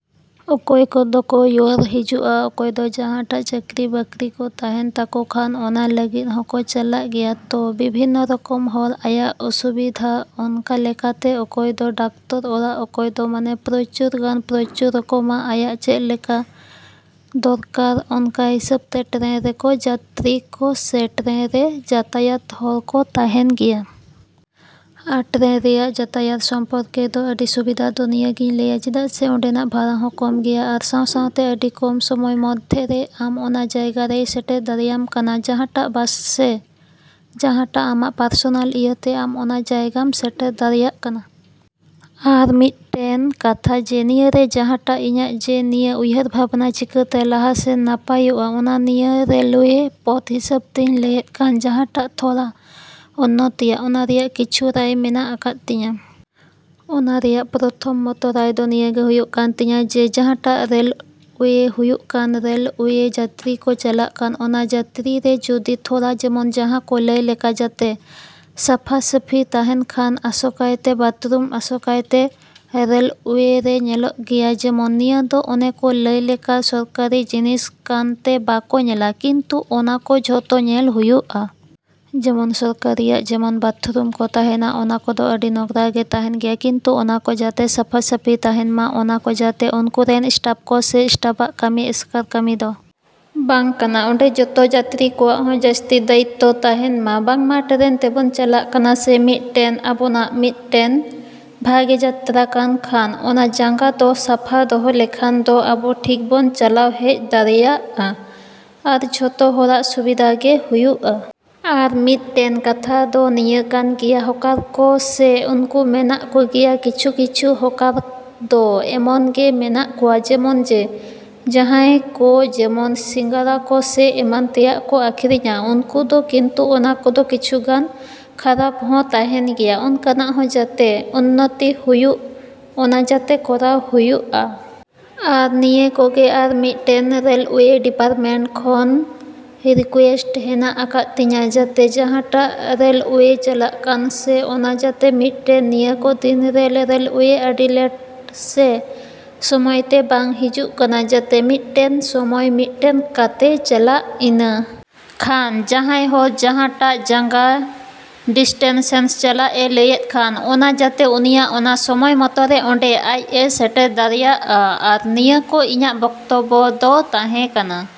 ᱚᱠᱚᱭ ᱠᱚᱫᱚ ᱠᱚ ᱨᱩᱭᱟᱹᱲ ᱦᱤᱡᱩᱜᱼᱟ ᱚᱠᱚᱭ ᱫᱚ ᱡᱟᱦᱟᱸᱴᱟᱜ ᱪᱟᱠᱨᱤ ᱵᱟᱠᱨᱤ ᱠᱚ ᱛᱟᱦᱮᱱ ᱛᱟᱠᱚ ᱠᱷᱟᱱ ᱚᱱᱟ ᱞᱟᱹᱜᱤᱫ ᱦᱚᱠᱚ ᱪᱟᱞᱟᱜ ᱜᱮᱭᱟ᱾ ᱛᱚ ᱵᱤᱵᱷᱤᱱᱱᱚ ᱨᱚᱠᱚᱢ ᱦᱚᱲ ᱟᱭᱟᱜ ᱚᱥᱩᱵᱤᱫᱷᱟ ᱚᱱᱠᱟ ᱞᱮᱠᱟᱛᱮ ᱚᱠᱚᱭ ᱫᱚ ᱰᱟᱠᱛᱚᱨ ᱚᱲᱟᱜ ᱚᱠᱚᱭ ᱫᱚ ᱢᱟᱱᱮ ᱯᱨᱚᱪᱩᱨ ᱜᱟᱱ ᱯᱨᱚᱪᱩᱨ ᱨᱚᱠᱚᱢᱟᱜ ᱟᱭᱟᱜ ᱪᱮᱫ ᱞᱮᱠᱟ ᱫᱚᱨᱠᱟᱨ ᱚᱱᱠᱟ ᱦᱤᱥᱟᱹᱵᱽ ᱛᱮ ᱴᱨᱮᱱ ᱨᱮᱠᱚ ᱡᱟᱛᱛᱨᱤ ᱠᱚ ᱥᱮ ᱴᱨᱮᱱ ᱨᱮᱱ ᱡᱟᱛᱟᱭᱟᱛ ᱦᱚᱲ ᱠᱚ ᱛᱟᱦᱮᱱ ᱜᱮᱭᱟ᱾ ᱟᱨ ᱴᱨᱮᱱ ᱨᱮᱭᱟᱜ ᱡᱟᱛᱟᱭᱟᱛ ᱥᱚᱢᱯᱨᱠᱮ ᱫᱚ ᱟᱹᱰᱤ ᱥᱩᱵᱤᱫᱷᱟ ᱫᱚ ᱱᱤᱭᱟᱹ ᱜᱮᱧ ᱞᱟᱹᱭᱟ ᱪᱮᱫᱟᱜ ᱡᱮ ᱚᱸᱰᱮᱱᱟᱜ ᱵᱷᱟᱲᱟ ᱦᱚᱸ ᱠᱚᱢ ᱜᱮᱭᱟ ᱟᱨ ᱥᱟᱶ ᱥᱟᱶᱛᱮ ᱟᱹᱰᱤ ᱠᱚᱢ ᱥᱳᱢᱳᱭ ᱢᱚᱫᱽᱫᱷᱮᱨᱮ ᱟᱢ ᱚᱱᱟ ᱡᱟᱭᱜᱟᱨᱮᱭ ᱥᱮᱴᱮᱨ ᱫᱟᱲᱮᱭᱟᱢ ᱠᱟᱱᱟ ᱡᱟᱦᱟᱸᱴᱟᱜ ᱵᱟᱥ ᱥᱮ ᱡᱟᱦᱟᱴᱟᱜ ᱟᱢᱟᱜ ᱯᱟᱨᱥᱚᱱᱟᱞ ᱤᱭᱟᱹᱛᱮ ᱟᱢ ᱩᱱᱟᱹ ᱡᱟᱭᱜᱟᱢ ᱥᱮᱴᱮᱨ ᱫᱟᱲᱮᱭᱟᱜ ᱠᱟᱱᱟ᱾ ᱟᱨ ᱢᱤᱫ ᱴᱮᱱ ᱠᱟᱛᱷᱟ ᱡᱮ ᱱᱤᱭᱟᱹᱨᱮ ᱡᱟᱦᱟ ᱴᱟᱜ ᱤᱧᱟᱹᱜ ᱡᱮ ᱱᱤᱭᱟᱹ ᱩᱭᱦᱟ.ᱨ ᱵᱷᱟᱵᱱᱟ ᱪᱤᱠᱟᱹᱛᱮ ᱞᱟᱦᱟ ᱥᱮᱱ ᱱᱟᱯᱟᱭ ᱚᱜ-ᱟ ᱚᱱᱟ ᱱᱤᱭᱟᱹ ᱨᱮᱞᱳᱣᱮ ᱯᱚᱫᱽ ᱦᱤᱥᱟᱹᱵ ᱛᱤᱧ ᱞᱟᱹᱭᱮᱫ ᱠᱟᱱ ᱡᱟᱦᱟᱸᱴᱟᱜ ᱛᱷᱚᱲᱟ ᱩᱱᱱᱚᱛᱤᱭᱟ ᱚᱱᱟ ᱨᱮᱭᱟᱜ ᱠᱤᱪᱷᱩ ᱨᱟᱭ ᱢᱮᱱᱟᱜ ᱟᱠᱟᱫ ᱛᱤᱧᱟ᱾ ᱚᱱᱟ ᱨᱮᱭᱟᱜ ᱯᱨᱚᱛᱷᱚᱢᱚᱛᱚ ᱨᱟᱭ ᱫᱚ ᱱᱤᱭᱟᱹᱜᱮ ᱦᱳᱭᱳᱜ ᱠᱟᱱ ᱛᱤᱧᱟ ᱡᱮ ᱡᱟᱦᱟᱸᱴᱟᱜ ᱨᱮᱞᱳᱣᱮ ᱦᱳᱭᱳᱜ ᱠᱟᱱ ᱨᱮᱞᱳᱣᱮ ᱡᱟᱛᱨᱤ ᱠᱚ ᱪᱟᱞᱟᱜ ᱠᱟᱱ ᱚᱱᱟ ᱡᱟᱛᱛᱨᱤ ᱨᱮ ᱡᱩᱫᱤ ᱛᱷᱚᱲᱟ ᱡᱮᱢᱚᱱ ᱡᱟᱦᱟᱸ ᱠᱚ ᱞᱟᱹᱭ ᱞᱮᱠᱟ ᱡᱟᱛᱮ ᱥᱟᱯᱷᱟ ᱥᱟᱹᱯᱷᱤ ᱛᱟᱦᱮᱱ ᱠᱷᱟᱱ ᱟᱥᱚᱠᱟᱭᱛᱮ ᱵᱟᱛᱨᱩᱢ ᱟᱥᱚᱠᱟᱭᱛᱮ ᱨᱮᱞᱳᱣᱮ ᱨᱮ ᱧᱮᱞᱚᱜ ᱜᱮᱭᱟ ᱡᱮᱢᱚᱱ ᱱᱤᱭᱟᱹ ᱫᱚ ᱚᱱᱮ ᱠᱚ ᱞᱟᱹᱭ ᱞᱮᱠᱟ ᱥᱚᱨᱠᱟᱨᱤ ᱡᱤᱱᱤᱥ ᱠᱟᱱ ᱛᱮ ᱵᱟᱠᱚ ᱧᱮᱞᱟ ᱠᱤᱱᱛᱩ ᱚᱱᱟ ᱠᱚ ᱡᱷᱚᱛᱚ ᱧᱮᱞ ᱦᱳᱭᱳᱜᱼᱟ᱾ ᱡᱮᱢᱚᱱ ᱥᱚᱨᱠᱟᱨᱤᱭᱟᱜ ᱡᱮᱢᱚᱱ ᱵᱟᱛᱷᱨᱩᱢ ᱠᱚ ᱛᱟᱦᱮᱱᱟ ᱚᱱᱟ ᱠᱚᱫᱚ ᱟᱹᱰᱤ ᱱᱚᱜᱽᱨᱟ ᱜᱮ ᱛᱟᱦᱮᱱ ᱜᱮᱭᱟ ᱠᱤᱱᱛᱩ ᱚᱱᱟᱠᱚ ᱡᱟᱛᱮ ᱥᱟᱯᱷᱟ ᱥᱟᱹᱯᱷᱤ ᱛᱟᱦᱮᱱ ᱢᱟ᱾ ᱚᱱᱟ ᱠᱚ ᱡᱟᱛᱮ ᱩᱱᱠᱩ ᱨᱮᱱ ᱥᱴᱟᱯ ᱠᱚ ᱥᱮ ᱥᱴᱟᱯᱟᱜ ᱠᱟᱢᱤ ᱮᱥᱠᱟᱨ ᱠᱟᱹᱢᱤ ᱫᱚ ᱵᱟᱝ ᱠᱟᱱᱟ ᱚᱸᱰᱮ ᱡᱚᱛᱚ ᱡᱟᱛᱨᱤ ᱠᱚᱣᱟᱜ ᱦᱚᱸ ᱡᱟᱥᱛᱤ ᱫᱟᱭᱤᱛᱛᱚ ᱛᱟᱦᱮᱱᱢᱟ ᱵᱟᱝᱢᱟ ᱴᱨᱮᱱ ᱛᱮᱵᱚᱱ ᱪᱟᱞᱟᱜ ᱠᱟᱱᱟ ᱥᱮ ᱢᱤᱫ ᱴᱮᱱ ᱟᱵᱚᱣᱟᱜ ᱢᱤᱫ ᱴᱮᱱ ᱵᱷᱟᱜᱮ ᱡᱟᱛᱛᱨᱟ ᱠᱟᱱ ᱠᱷᱟᱱ ᱚᱱᱟ ᱡᱟᱸᱜᱟ ᱫᱚ ᱥᱟᱯᱷᱟ ᱫᱚᱦᱚ ᱞᱮᱠᱷᱟᱱ ᱫᱚ ᱟᱵᱚ ᱴᱷᱤᱠ ᱵᱚᱱ ᱪᱟᱞᱟᱣ ᱦᱮᱡ ᱫᱟᱲᱮᱭᱟᱜᱼᱟ ᱟᱨ ᱡᱷᱚᱛᱚ ᱦᱚᱲᱟᱜ ᱥᱩᱵᱤᱫᱷᱟ ᱜᱮ ᱦᱳᱭᱳᱜᱼᱟ᱾ ᱟᱨ ᱢᱤᱫ ᱴᱮᱱ ᱠᱟᱛᱷᱟ ᱫᱚ ᱱᱤᱭᱟᱹ ᱠᱟᱱ ᱜᱮᱭᱟ ᱦᱚᱠᱟᱨ ᱠᱚ ᱥᱮ ᱩᱱᱠᱩ ᱢᱮᱱᱟᱜ ᱠᱚᱜᱮᱭᱟ ᱠᱤᱪᱷᱩ ᱠᱤᱪᱷᱩ ᱦᱚᱠᱟᱨ ᱫᱚ ᱮᱢᱚᱱ ᱜᱮ ᱢᱮᱱᱟᱜ ᱠᱚᱣᱟ ᱡᱮᱢᱚᱱ ᱡᱮ ᱡᱟᱦᱟᱸᱭ ᱠᱚ ᱡᱮᱢᱚᱱ ᱥᱤᱜᱟᱹᱲᱟ ᱠᱚ ᱥᱮ ᱮᱢᱟᱱ ᱛᱮᱭᱟᱜ ᱠᱚ ᱟᱹᱠᱷᱨᱤᱧᱟ ᱩᱱᱠᱩ ᱫᱚ ᱠᱤᱱᱛᱩ ᱚᱱᱟ ᱠᱚᱫᱚ ᱠᱤᱪᱷᱩ ᱜᱟᱱ ᱠᱷᱟᱨᱟᱯ ᱦᱚᱸ ᱛᱟᱦᱮᱱ ᱜᱮᱭᱟ ᱚᱱᱠᱟᱱᱟᱜ ᱦᱚᱸ ᱡᱟᱛᱮ ᱩᱱᱱᱚᱛᱤ ᱦᱳᱭᱳᱜ ᱚᱱᱟ ᱡᱟᱛᱮ ᱠᱚᱨᱟᱣ ᱦᱳᱭᱳᱜᱼᱟ᱾ ᱟᱨ ᱱᱤᱭᱟᱹ ᱠᱩᱜᱮ ᱟᱨ ᱢᱤᱫ ᱴᱮᱱ ᱨᱮᱞᱳᱣᱮ ᱰᱤᱯᱟᱨᱴᱢᱮᱱᱴ ᱠᱷᱚᱱ ᱨᱤᱠᱩᱭᱮᱥᱴ ᱦᱮᱱᱟᱜ ᱟᱠᱟᱫ ᱛᱤᱧᱟᱹ ᱡᱟᱛᱮ ᱡᱟᱦᱟᱸᱴᱟᱜ ᱨᱮᱞᱳᱣᱮ ᱪᱟᱞᱟᱜ ᱠᱟᱱ ᱥᱮ ᱚᱱᱟ ᱡᱟᱛᱮ ᱢᱤᱫ ᱴᱮᱱ ᱱᱤᱭᱟᱹᱠᱚ ᱫᱤᱱ ᱨᱮ ᱨᱮᱞᱳᱣᱮ ᱟᱹᱰᱤ ᱞᱮᱴ ᱥᱮ ᱥᱳᱢᱚᱭ ᱛᱮ ᱵᱟᱝ ᱦᱤᱡᱩᱜ ᱠᱟᱱᱟ ᱡᱟᱛᱮ ᱢᱤᱫ ᱴᱮᱱ ᱥᱳᱢᱳᱭ ᱢᱮᱱᱴᱮᱱ ᱠᱟᱛᱮ ᱪᱟᱞᱟᱜ ᱾ᱤᱱᱟᱹ ᱠᱷᱟᱱ ᱡᱟᱦᱟᱸᱭ ᱦᱚᱲ ᱡᱟᱦᱟᱸᱴᱟᱜ ᱡᱟᱸᱜᱟ ᱰᱤᱥᱴᱮᱱᱥᱮᱱ ᱪᱟᱞᱟᱜ ᱮ ᱞᱟᱹᱭᱮᱫ ᱠᱟᱱ ᱚᱱᱟ ᱡᱟᱛᱮ ᱩᱱᱤᱭᱟᱜ ᱚᱱᱟ ᱥᱳᱢᱳᱭ ᱢᱚᱛᱚᱨᱮ ᱚᱰᱮ ᱟᱡ ᱮ ᱥᱮᱴᱮᱨ ᱫᱟᱲᱮᱭᱟᱜᱼᱟ᱾ ᱟᱨ ᱱᱤᱭᱟᱹ ᱠᱚ ᱤᱧᱟᱜ ᱵᱚᱠᱛᱚᱵᱽᱵᱚ ᱫᱚ ᱛᱟᱦᱮᱸ ᱠᱟᱱᱟ᱾।